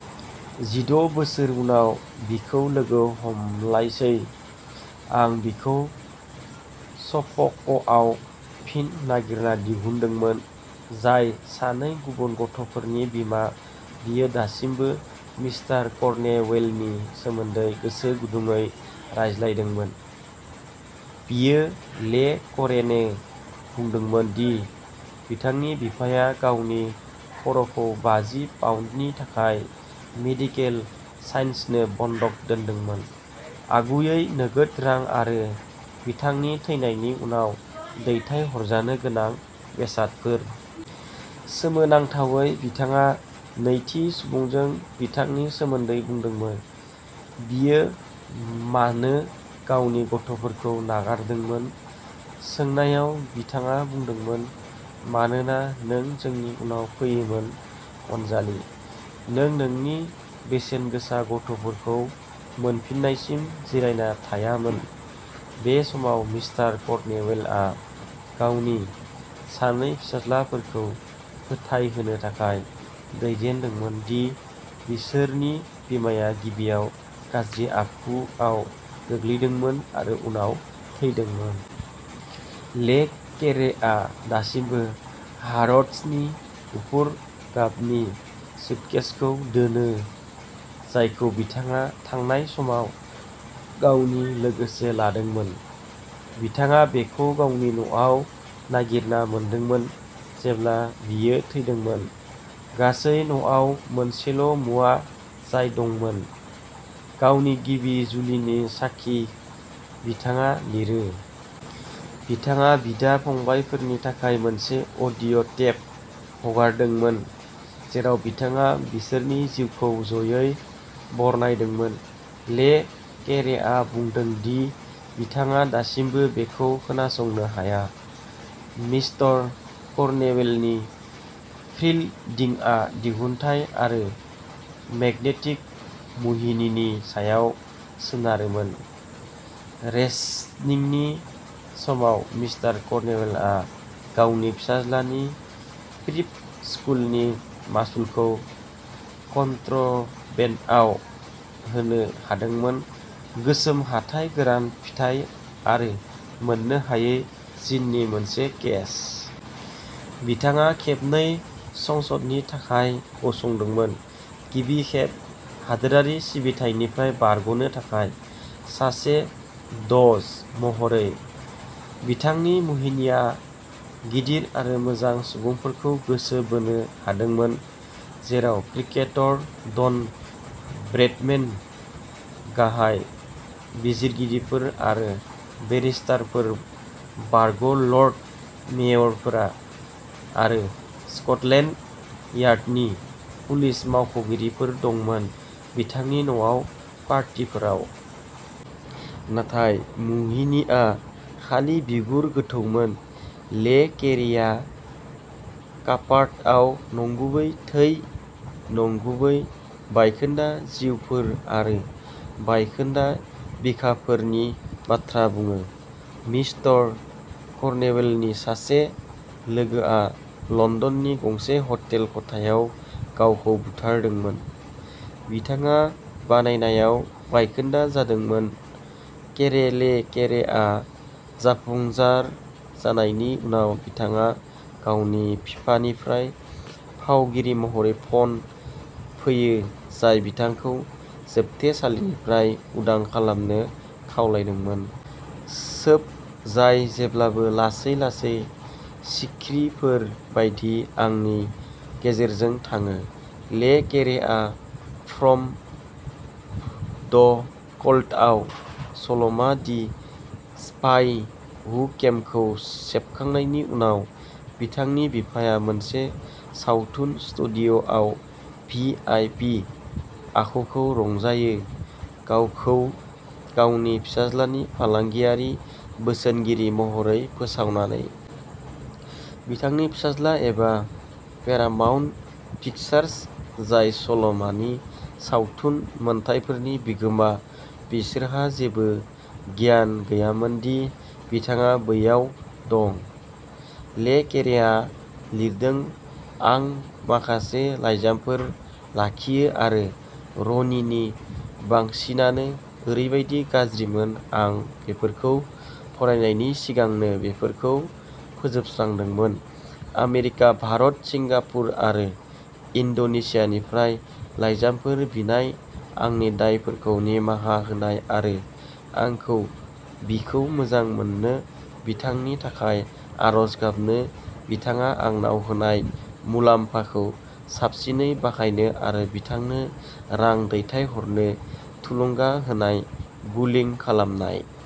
जिद' बोसोर उनाव बिखौ लोगो हमलायसै। आं बिखौ सफ'कआव फिन नागिरना दिहुनदोंमोन जाय सानै गुबुन गथ'फोरनि बिमा बियो दासिमबो मिस्टार कर्नवेलनि सोमोन्दै गोसो गुदुंयै रायज्लायदोंमोन। बियो ले केरेनो बुंदोंमोन दि बिथांनि बिफाया गावनि खर'खौ बाजि पाउन्दनि थाखाय मेडिकेल साइन्सनो बन्धक दोन्दोंमोन आगुयै नोगोद रां आरो बिथांनि थैनायनि उनाव दैथायहरजानो गोनां बेसादफोर। सोमोनांथावै बिथाङा नैथि सुबुंजों बिथांनि सोमोन्दै बुंदोंमोन। बियो मानो गावनि गथ'फोरखौ नागारदोंमोन सोंनायाव बिथाङा बुंदोंमोन मानोना नों जोंनि उनाव फैयोमोन अनजालि। नों नोंनि बेसेनगोसा गथ'फोरखौ मोनफिन्नायसिम जिरायना थायामोन। बे समाव मिस्टार कर्नवेलआ गावनि सानै फिसाज्लाफोरखौ फोथायहोनो थाखाय दैदेनदोंमोन दि बिसोरनि बिमाया गिबियाव गाज्रि आखुआव गोग्लैदोंमोन आरो उनाव थैदोंमोन। ले केरेआ दासिमबो हार'ड्सनि गुफुर गाबनि सुटकेसखौ दोनो जायखौ बिथाङा थांनाय समाव गावनि लोगोसे लादोंमोन। बिथाङा बेखौ गावनि न'आव नागिरना मोनदोंमोन जेब्ला बियो थैदोंमोन। गासै न'आव मोनसेल'मुवा जाय दंमोन। गावनि गिबि जुलिनि साखि बिथाङा लिरो। बिथाङा बिदा फंबायफोरनि थाखाय मोनसे अडिअ'टेप हगारदोंमोन जेराव बिथाङा बिसोरनि जिउखौ ज'यै बरनायदोंमोन। ले केरेआ बुङो दि बिथाङा दासिमबो बेखौ खोनासंनो हाया। मिस्टर कर्नवेलनि फ्रील'डिंआ दिहुनथाइ आरो मेगनेटिक मुहिनिनि सायाव सोनारोमोन। रेशनिंनि समाव मिस्टर कर्नवेलआ गावनि फिसाज्लानि प्रिप स्कूलनि मासुलखौ कन्ट्राबेन्डआव होनो हादोंमोन गोसोम हाथाइ गोरान फिथाइ आरो मोननो हायै जिननि मोनसे केस। बिथाङा खेबनै संसदनि थाखाय गसंदोंमोन गिबि खेब हादोरारि सिबिथाइनिफ्राय बारग'नो थाखाय सासे द'ज महरै। बिथांनि मुहिनिआ गिदिर आरो मोजां सुबुंफोरखौ गोसो बोनो हादोंमोन जेराव क्रिकेटर डन ब्रैडमेन गाहाय बिजिरगिरिफोर आरो बेरिस्टारफोर बारग'लर्ड मेयरफोर आरो स्क'टलेन्ड यार्डनि पुलिस मावख'गिरिफोर दंमोन बिथांनि न'आव पार्टीफोराव। नाथाय मुहिनिआ खालि बिगुर गोथौमोन। ले केरेया कार्पेटआव नंगुबै थै नंगुबै बायखोन्दा जिउफोर आरो बायखोन्दा बिखाफोर नि बाथ्रा बुङो। मिस्टर कर्नवेलनि सासे लोगोआ लन्दननि गंसे हटेल खथायाव गावखौ बुथारदोंमोन। बिथाङा बानायनायाव बायखोन्दा जादोंमोन केरे ले केरेआ जाफुंसार जानायनि उनाव बिथाङा गावनि बिफानिफ्राय फावगिरि महरै फन फैयो जाय बिथांखौ जोबथेसालिनिफ्राय उदां खालामनो खावलायदोंमोन। सोब जाय जेब्लाबो लासै लासै सिख्रिफोर बायदि आंनि गेजेरजों थाङो। ले केरेआ फ्रम द क'ल्डआव सल'मा दि स्पाइ हु केमखौ सेबखांनायनि उनाव बिथांनि बिफाया मोनसे सावथुन स्टुडिय'आव भि आइ पि आखुखौ रंजायो गावखौ गावनि फिसाज्लानि फालांगियारि बोसोनगिरि महरै फोसावनानै। बिथांनि फिसाज्ला एबा पेरामाउन्ट पिक्चार्स जाय सल'मानि सावथुन मोनथायफोरनि बिगोमा बिसोरहा जेबो गियान गैयामोन दि बिथाङा बैयाव दं। ले केरेआ लिरदों आं माखासे लाइजामफोर लाखियो आरो र'नीनि बांसिनानो ओरैबादि गाज्रिमोन आं बेफोरखौ फरायनायनि सिगांनो बेफोरखौ फोजोबस्रांदोंमोन आमेरिका भारत सिंगापुर आरो इन्ड'नेसियानिफ्राय लाइजामफोर बिनाय आंनि दायफोरखौ निमाहा होनाय आरो आंखौ बिखौ मोजां मोननो बिथांनि थाखाय आरज गाबनो बिथाङा आंनाव होनाय मुलाम्फाखौ साबसिनै बाहायनो आरो बिथांनो रां दैथायहरनो थुलुंगा होनाय बुलिं खालामनाय।